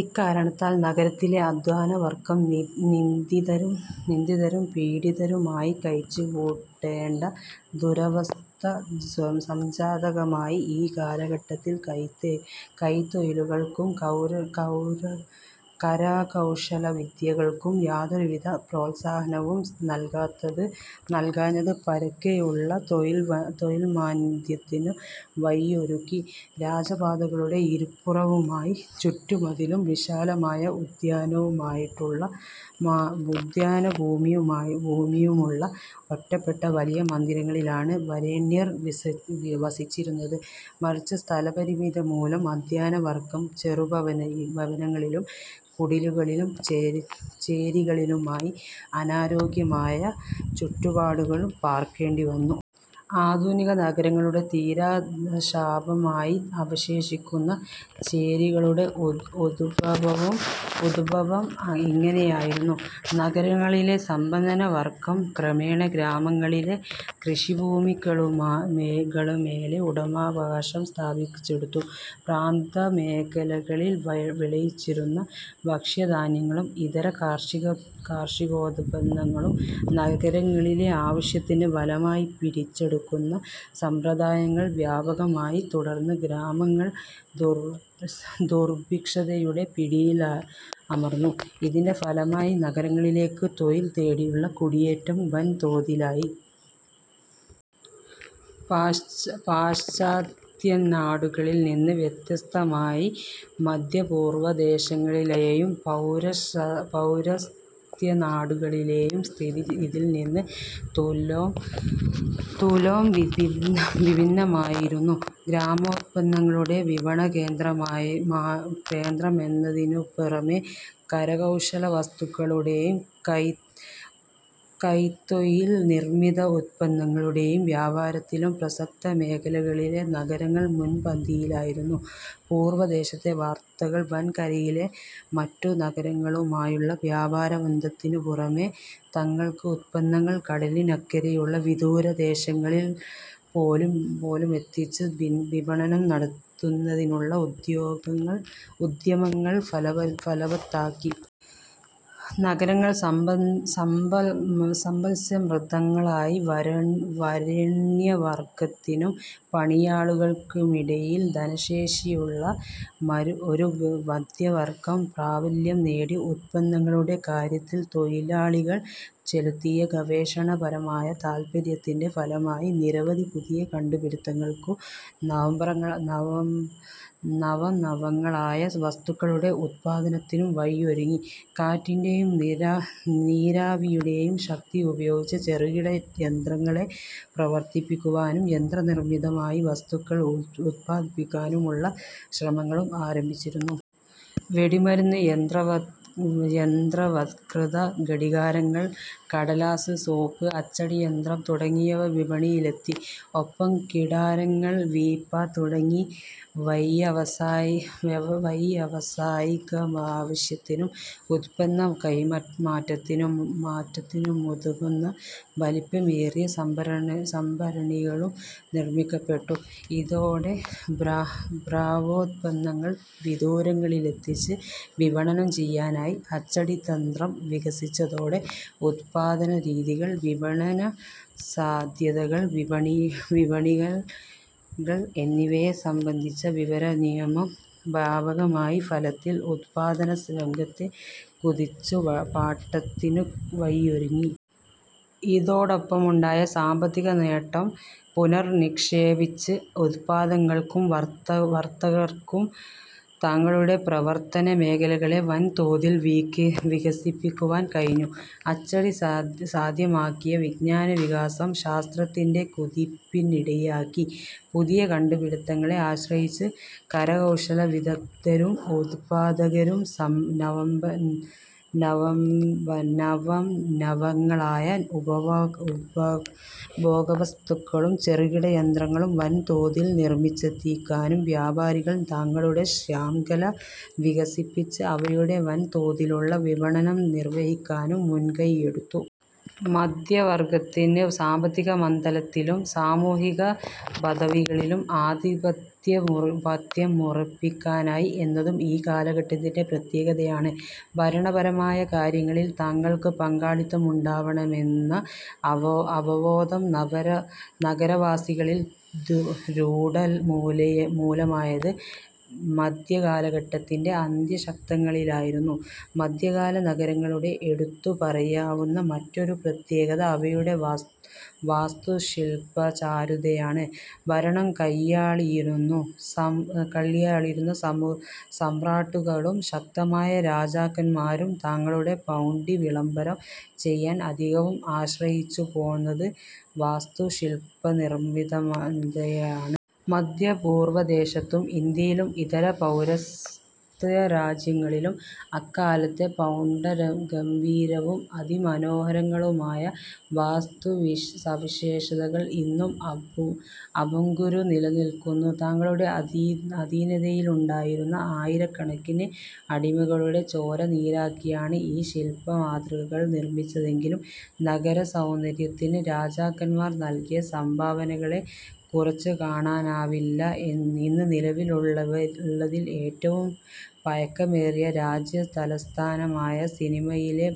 ഇക്കാരണത്താൽ നഗരത്തിലെ അധ്വാനവർഗം നിന്ദിതരും പീഡിതരുമായി കഴിച്ചുകൂട്ടേണ്ട ദുരവസ്ഥ സംജാതകമായി. ഈ കാലഘട്ടത്തിൽ കൈത്തൊഴിലുകൾക്കും കരകൌശലവിദ്യകൾക്കും യാതൊരുവിധ പ്രോത്സാഹനവും നല്കാഞ്ഞത് പരക്കെയുള്ള തൊഴിൽമാന്ദ്യത്തിനു വഴിയൊരുക്കി. രാജപാതകളുടെ ഇരുപുറവുമായി ചുറ്റുമതിലും വിശാലമായ ഉദ്യാനഭൂമിയുമുള്ള ഒറ്റപ്പെട്ട വലിയ മന്ദിരങ്ങളിലാണ് വരേണ്യർ വസിച്ചിരുന്നുത്. മറിച്ച് സ്ഥലപരിമിതിമൂലം അധ്യാനവർഗം ചെറു ഭവനങ്ങളിലും കുടിലുകളിലും ചേരികളിലുമായി അനാരോഗ്യമായ ചുറ്റുപാടുകളിൽ പാർക്കേണ്ടിവന്നു. ആധുനിക നഗരങ്ങളുടെ തീരാശാപമായി അവശേഷിക്കുന്ന ചേരികളുടെ ഉദ്ഭവം ഇങ്ങനെയായിരുന്നു. നഗരങ്ങളിലെ സമ്പന്നവർഗം ക്രമേണ ഗ്രാമങ്ങളിലെ കൃഷിഭൂമികളുടെമേലും ഉടമാവകാശം സ്ഥാപിച്ചെടുത്തു. പ്രാന്തമേഖലകളിൽ വിളയിച്ചിരുന്ന ഭക്ഷ്യധാന്യങ്ങളും ഇതര കാർഷികോത്പന്നങ്ങളും നഗരങ്ങളിലെ ആവശ്യത്തിന് ബലമായി പിടിച്ചെടുക്കുന്ന സമ്പ്രദായങ്ങൾ വ്യാപകമായി. തുടർന്ന് ഗ്രാമങ്ങൾ ദുർഭിക്ഷതയുടെ പിടിയിലമർന്നു. ഇതിന്റെ ഫലമായി നഗരങ്ങളിലേക്ക് തൊഴിൽ തേടിയുള്ള കുടിയേറ്റം വൻ തോതിലായി. പാശ്ചാത്യനാടുകളിൽനിന്ന് വ്യത്യസ്തമായി മധ്യ പൂർവദേശങ്ങളിലെയും പൌരസ്ത്യനാടുകളിലെയും സ്ഥിതി ഇതിൽനിന്ന് തുലോം വിഭിന്നമായിരുന്നു. ഗ്രാമോത്പന്നങ്ങളുടെ വിപണനകേന്ദ്രമെന്നതിനു പുറമേ, കരകൌശലവസ്തുക്കളുടെയും കൈത്തൊഴിൽ നിർമിത ഉത്പന്നങ്ങളുടെയും വ്യാപാരത്തിലും പ്രസക്ത മേഖലകളിലെ നഗരങ്ങൾ മുൻപന്തിയിലായിരുന്നു. പൂർവദേശത്തെ വർത്തകർ വൻകരയിലെ മറ്റു നഗരങ്ങളുമായുള്ള വ്യാപാരബന്ധത്തിനുപുറമേ, തങ്ങൾക്ക് ഉത്പന്നങ്ങൾ കടലിനക്കരെയുള്ള വിദൂരദേശങ്ങളിൽപ്പോലുമെത്തിച്ച് വിപണനം നടത്തുന്നതിനുള്ള ഉദ്യമങ്ങൾ ഫലവത്താക്കി. നഗരങ്ങൾ സമ്പത്സമൃദ്ധങ്ങളായി. വരേണ്യവർഗത്തിനും പണിയാളുകൾക്കുമിടയിൽ ധനശേഷിയുള്ള ഒരു മധ്യവർഗം പ്രാബല്യം നേടി. ഉത്പന്നങ്ങളുടെ കാര്യത്തിൽ തൊഴിലാളികൾ ചെലുത്തിയ ഗവേഷണപരമായ താത്പര്യത്തിന്റെ ഫലമായി നിരവധി പുതിയ കണ്ടുപിടിത്തങ്ങൾക്കും നവംനവങ്ങളായ വസ്തുക്കളുടെ ഉത്പാദനത്തിനും വഴിയൊരുങ്ങി. കാറ്റിന്റെയും നീരാവിയുടെയും ശക്തി ഉപയോഗിച്ച് ചെറുകിട യന്ത്രങ്ങളെ പ്രവർത്തിപ്പിക്കുവാനും യന്ത്രനിർമിതമായി വസ്തുക്കൾ ഉത്പാദിപ്പിക്കുവാനുമുള്ള ശ്രമങ്ങളും ആരംഭിച്ചിരുന്നു. വെടിമരുന്ന്, യന്ത്രവത്കൃത ഘടികാരങ്ങൾ, കടലാസ്, സോപ്പ്, അച്ചടിയന്ത്രം തുടങ്ങിയവ വിപണിയിലെത്തി. ഒപ്പം കിടാരങ്ങൾ, വീപ്പ തുടങ്ങി വൈയവസായികാവശ്യത്തിനും ഉത്പന്നക്കൈമാറ്റത്തിനുമുതകുന്ന വലിപ്പമേറിയ സംഭരണികളും നിർമ്മിക്കപ്പെട്ടു. ഇതോടെ ദ്രാവോത്പന്നങ്ങൾ വിദൂരങ്ങളിലെത്തിച്ച് വിപണനം ചെയ്യാനായി. അച്ചടിതന്ത്രം വികസിച്ചതോടെ ഉത്പാദനരീതികൾ, വിപണനസാധ്യതകൾ, വിപണികൾ എന്നിവയെ സംബന്ധിച്ച വിവര നിയമം വ്യാപകമായി. ഫലത്തിൽ ഉത്പാദനരംഗത്തെ കുതിച്ചു പാട്ടത്തിനു വഴിയൊരുങ്ങി. ഇതോടൊപ്പമുണ്ടായ സാമ്പത്തികനേട്ടം പുനർനിക്ഷേപിച്ച് ഉത്പാദങ്ങൾക്കും വർത്തകർക്കും തങ്ങളുടെ പ്രവർത്തനമേഖലകളെ വൻതോതിൽ വികസിപ്പിക്കുവാൻ കഴിഞ്ഞു. അച്ചടി സാധ്യമാക്കിയ വിജ്ഞാനവികാസം ശാസ്ത്രത്തിന്റെ കുതിപ്പിനിടയാക്കി. പുതിയ കണ്ടുപിടിത്തങ്ങളെ ആശ്രയിച്ച് കരകൌശലവിദഗ്ദ്ധരും ഉത്പാദകരും നവംനവങ്ങളായ ഉപഭോഗവസ്തുക്കളും ചെറുകിടയന്ത്രങ്ങളും വൻതോതിൽ നിർമിച്ചെത്തിക്കാനും വ്യാപാരികൾ തങ്ങളുടെശ്യാംഖല വികസിപ്പിച്ച് അവയുടെ വൻതോതിലുള്ള വിപണനം നിർവഹിക്കാനും മുൻകൈയെടുത്തു. മധ്യവർഗത്തിന് സാമ്പത്തികമണ്ഡലത്തിലും സാമൂഹിക പദവികളിലും ആധിപത്യമുറപ്പിക്കാനായി എന്നതും ഈ കാലഘട്ടത്തിന്റെ പ്രത്യേകതയാണ്. ഭരണപരമായ കാര്യങ്ങളിൽ തങ്ങൾക്കു പങ്കാളിത്തമുണ്ടാവണമെന്ന അവബോധം നഗരവാസികളിൽ രൂഢമൂലമായത് മധ്യകാലഘട്ടത്തിന്റെ അന്ത്യശതകങ്ങളിലായിരുന്നു. മധ്യകാല നഗരങ്ങളുടെ എടുത്തുപറയാവുന്ന മറ്റൊരു പ്രത്യേകത അവയുടെ വാസ്തുശില്പചാരുതയാണ്. ഭരണം കയ്യാളിയിരുന്ന സമ്രാട്ടുകളും ശക്തമായ രാജാക്കന്മാരും തങ്ങളുടെ പ്രൗഢി വിളംബരം ചെയ്യാൻ അധികവും ആശ്രയിച്ചുപോന്നത് വാസ്തുശില്പനിർമിതയെയാണ്. മധ്യപൂർവദേശത്തും ഇന്ത്യയിലും ഇതര പൗരസ്ത്യരാജ്യങ്ങളിലും അക്കാലത്തെ പൗഢഗംഭീരവും അതിമനോഹരങ്ങളുമായ വാസ്തുസവിശേഷതകൾ ഇന്നും അഭംഗുരം നിലനില്ക്കുന്നു. തങ്ങളുടെ അധീനതയിലുണ്ടായിരുന്ന ആയിരക്കണക്കിന് അടിമകളുടെ ചോര നീരാക്കിയാണ് ഈ ശില്പമാതൃകകൾ നിർമിച്ചതെങ്കിലും നഗരസൗന്ദര്യത്തിന് രാജാക്കന്മാർ നല്കിയ സംഭാവനകളെ കുറച്ചുകാണാനാവില്ല. ഇന്ന് നിലവിലുള്ളതിൽ ഏറ്റവും പഴക്കമേറിയ രാജ്യതലസ്ഥാനമായ സിനിമയിലെ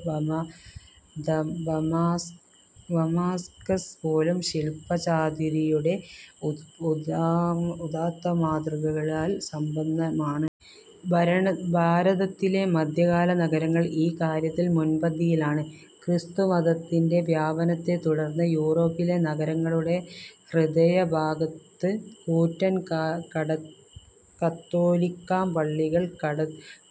ദമാസ്കസ് പോലും ശില്പചാതുരിയുടെ ഉദാത്തമാതൃകകളാൽ സമ്പന്നമാണ്. ഭാരതത്തിലെ മധ്യകാല നഗരങ്ങൾ ഈ കാര്യത്തിൽ മുൻപന്തിയിലാണ്. ക്രിസ്തുമതത്തിന്റെ വ്യാപനത്തെത്തുടർന്ന് യൂറോപ്പിലെ നഗരങ്ങളുടെ ഹൃദയഭാഗത്ത് കൂറ്റൻ കത്തോലിക്കാപള്ളികൾ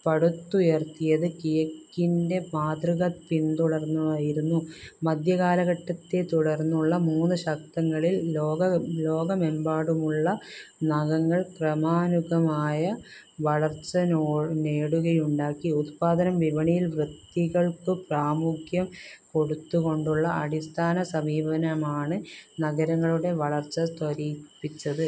പടുത്തുയർത്തിയത് കിഴക്കിന്റെ മാതൃക പിൻതുടർന്നായിരുന്നു. മധ്യകാലഘട്ടത്തെത്തുടർന്നുള്ള മൂന്ന് ശതകങ്ങളിൽ ലോകമെമ്പാടുമുള്ള നഖങ്ങൾ ക്രമാനുഗതമായ വളർച്ചനേടുകയുണ്ടാക്കി. ഉത്പാദനം വിപണന വൃത്തികൾക്കു പ്രാമുഖ്യം കൊടുത്തുകൊണ്ടുള്ള അടിസ്ഥാന സമീപനമാണ് നഗരങ്ങളുടെ വളർച്ച ത്വരിപ്പിച്ചത്.